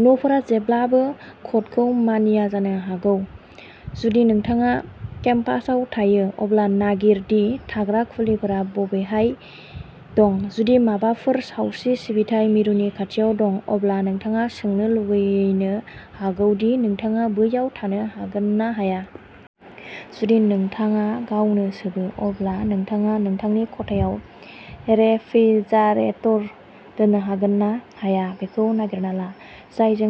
न'फोरा जेब्लाबो क'डखौ मानिया जानो हागौ। जुदि नोंथाङा केम्पासआव थायो। अब्ला नागिर दि थाग्रा खुलिफोरा बबेहाय दं। जुदि माबाफोर सावस्रि सिबिथाइ मिरुनि खाथियाव दं। अब्ला नोंथाङा सोंनो लुबैनो हागौ दि नोंथाङा बैयाव थानो हागोन ना हाया। जुदि नोंथाङा गावनो सोबो। अब्ला नोंथाङा नोंथांनि खथायाव रेफ्रिजारेटर दोननो हागोन ना हाया बेखौ नागिरना ला। जायजों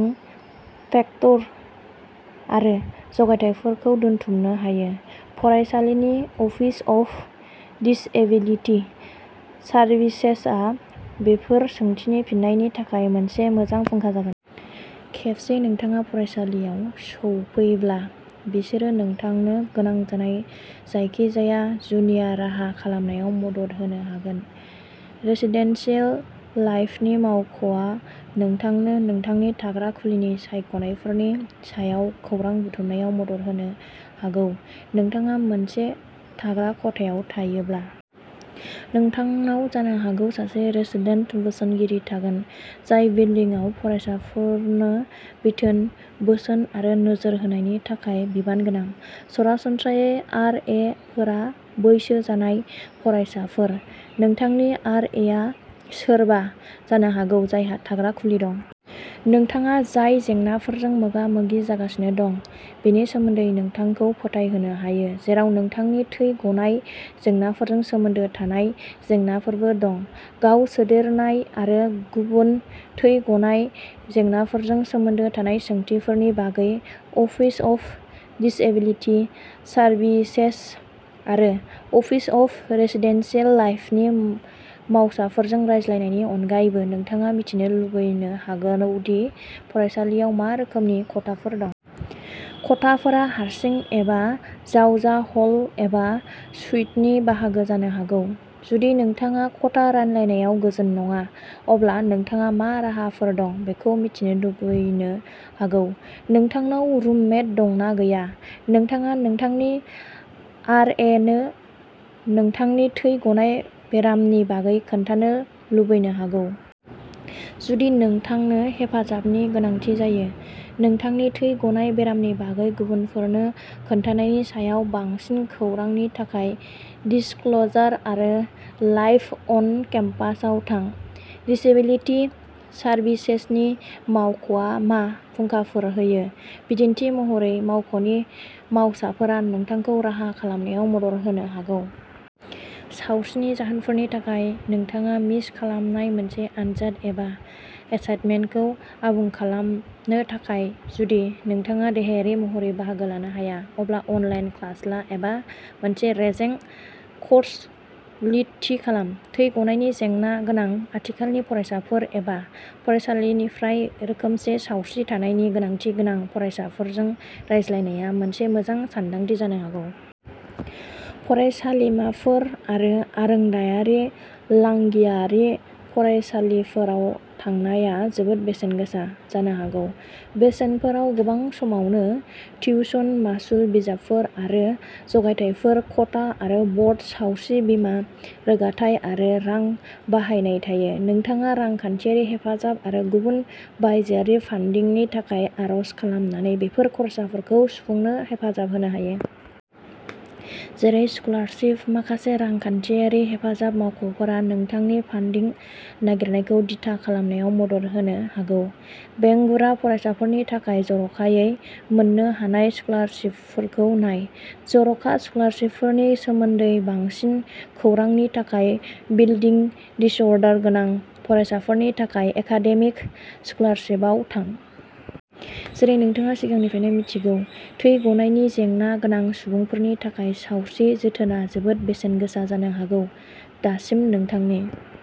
फैक्टर आरो जगायथायफोरखौ दोनथुमनो हायो। फरायसालिनि अफिस अफ दिसएबिलिटि सारभिसेसआ बेफोर सोंथिनि फिनायनि थाखाय मोनसे मोजां फुंखा जागोन। खेबसे नोंथाङा फरायसालियाव सौफैब्ला। बिसोरो नोंथांनो गोनां जानाय जायखिजाया जुनिया राहा खालामनायाव मदद होनो हागोन। रेसिदेनसियेल लाइफनि मावख'आ नोंथांनो नोंथांनि थाग्रा खुलिनि सायख'नायफोरनि सायाव खौरां बुथुमनायाव मदद होनो हागौ। नोंथाङा मोनसे थाग्रा खथायाव थायोब्ला। नोंथांनाव जानो हागौ सासे रेसिदेन्ट बोसोनगिरि थागोन। जाय बिल्डिंआव फरायसाफोरनो बिथोन। बोसोन आरो नोजोर होनायनि थाखाय बिबान गोनां। सरासनस्रायै आर ए फोरा बैसो जानाय फरायसाफोर। नोंथांनि आर ए आ सोरबा जानो हागौ जायहा थाग्रा खुलि दं। नोंथाङा जाय जेंनाफोरजों मोगा-मोगि जागासिनो दं। बेनि सोमोन्दै नोंथांखौ फोथायहोनो हायो। जेराव नोंथांनि थै गनाय जेंनाफोरजों सोमोन्दो थानाय जेंनाफोरबो दं। गाव सोदेरनाय आरो गुबुन थै गनाय जेंनाफोरजों सोमोन्दो थानाय सोंथिफोरनि बागै अफिस अफ दिसएबिलिटि सारभिसेस आरो अफिस अफ रेसिडेनसियेल लाइफनि मावसाफोरजों रायज्लायनायनि अनगायैबो नोंथाङा मिथिनो लुबैनो हागौ दि फरायसालियाव मा रोखोमनि खथाफोर दं। खथाफोरा हारसिं एबा जावजा हल एबा सुइटनि बाहागो जानो हागौ। जुदि नोंथाङा खथा रानलायनायाव गोजोन नङा। अब्ला नोंथाङा मा राहाफोर दं बेखौ मिथिनो लुबैनो हागौ। नोंथांनाव रुममेट दं ना गैया। नोंथाङा नोंथांनि आर ए नो नोंथांनि थै गनाय बेरामनि बागै खोन्थानो लुबैनो हागौ। जुदि नोंथांनो हेफाजाबनि गोनांथि जायो। नोंथांनि थै गनाय बेरामनि बागै गुबुनफोरनो खोन्थानायनि सायाव बांसिन खौरांनि थाखाय दिसक्ल'जार आरो लाइफ अन केम्पासाव थां। दिसएबिलिटि सारभिसेसनि मावख'आ मा फुंखाफोर होयो? बिदिन्थि महरै मावख'नि मावसाफोरा नोंथांखौ राहा खालामनायाव मदद होनो हागौ। सावस्रिनि जाहोनफोरनि थाखाय नोंथाङा मिस खालामनाय मोनसे आनजाद एबा एसाइनमेन्टखौ आबुं खालामनो थाखाय जुदि नोंथाङा देहायारि महरै बाहागो लानो हाया। अब्ला अनलाइन क्लास ला एबा मोनसे रेजें कर्स लोड थि खालाम। थै गनायनि जेंना गोनां आथिखालनि फरायसाफोर एबा फरायसालिनिफ्राय रोखोमसे सावस्रि थानायनि गोनांथि गोनां फरायसाफोरजों रायज्लायनाया मोनसे मोजां सानदांथि जानो हागौ। फरायसालिमाफोर आरो आरोंदायारि लांगियारि फरायसालिफोराव थांनाया जोबोद बेसेन गोसा जानो हागौ। बेसेनफोराव गोबां समावनो टिउशन, मासुल, बिजाबफोर आरो जगायथायफोर, खथा आरो बर्ड, सावस्रि बीमा, रोगाथाय आरो रां बाहायनाय थायो। नोंथाङा रांखान्थियारि हेफाजाब आरो गुबुन बायजोआरि फानडिंनि थाखाय आर'ज खालामनानै बेफोर खरसाफोरखौ सुफुंनो हेफाजाब होनो हायो। जेरै स्कलारशिप। माखासे रांखान्थियारि हेफाजाब मावख'फोरा नोंथांनि फानडिं नागिरनायखौ दिथा खालामनायाव मदद होनो हागौ। बेंगुरा फरायसाफोरनि थाखाय जर'खायै मोन्नो हानाय स्कलारशिपफोरखौ नाय। जर'खा स्कलारशिपफोरनि सोमोन्दै बांसिन खौरांनि थाखाय ब्लिडिं डिसअर्डार गोनां फरायसाफोरनि थाखाय एकाडेमिक स्कलारशिपआव थां। जेरै नोंथाङा सिगांनिफ्रायनो मिन्थिगौ। थै गनायनि जेंना गोनां सुबुंफोरनि थाखाय सावस्रि जोथोनआ जोबोद बेसेन गोसा जानो हागौ। दासिम नोंथांनि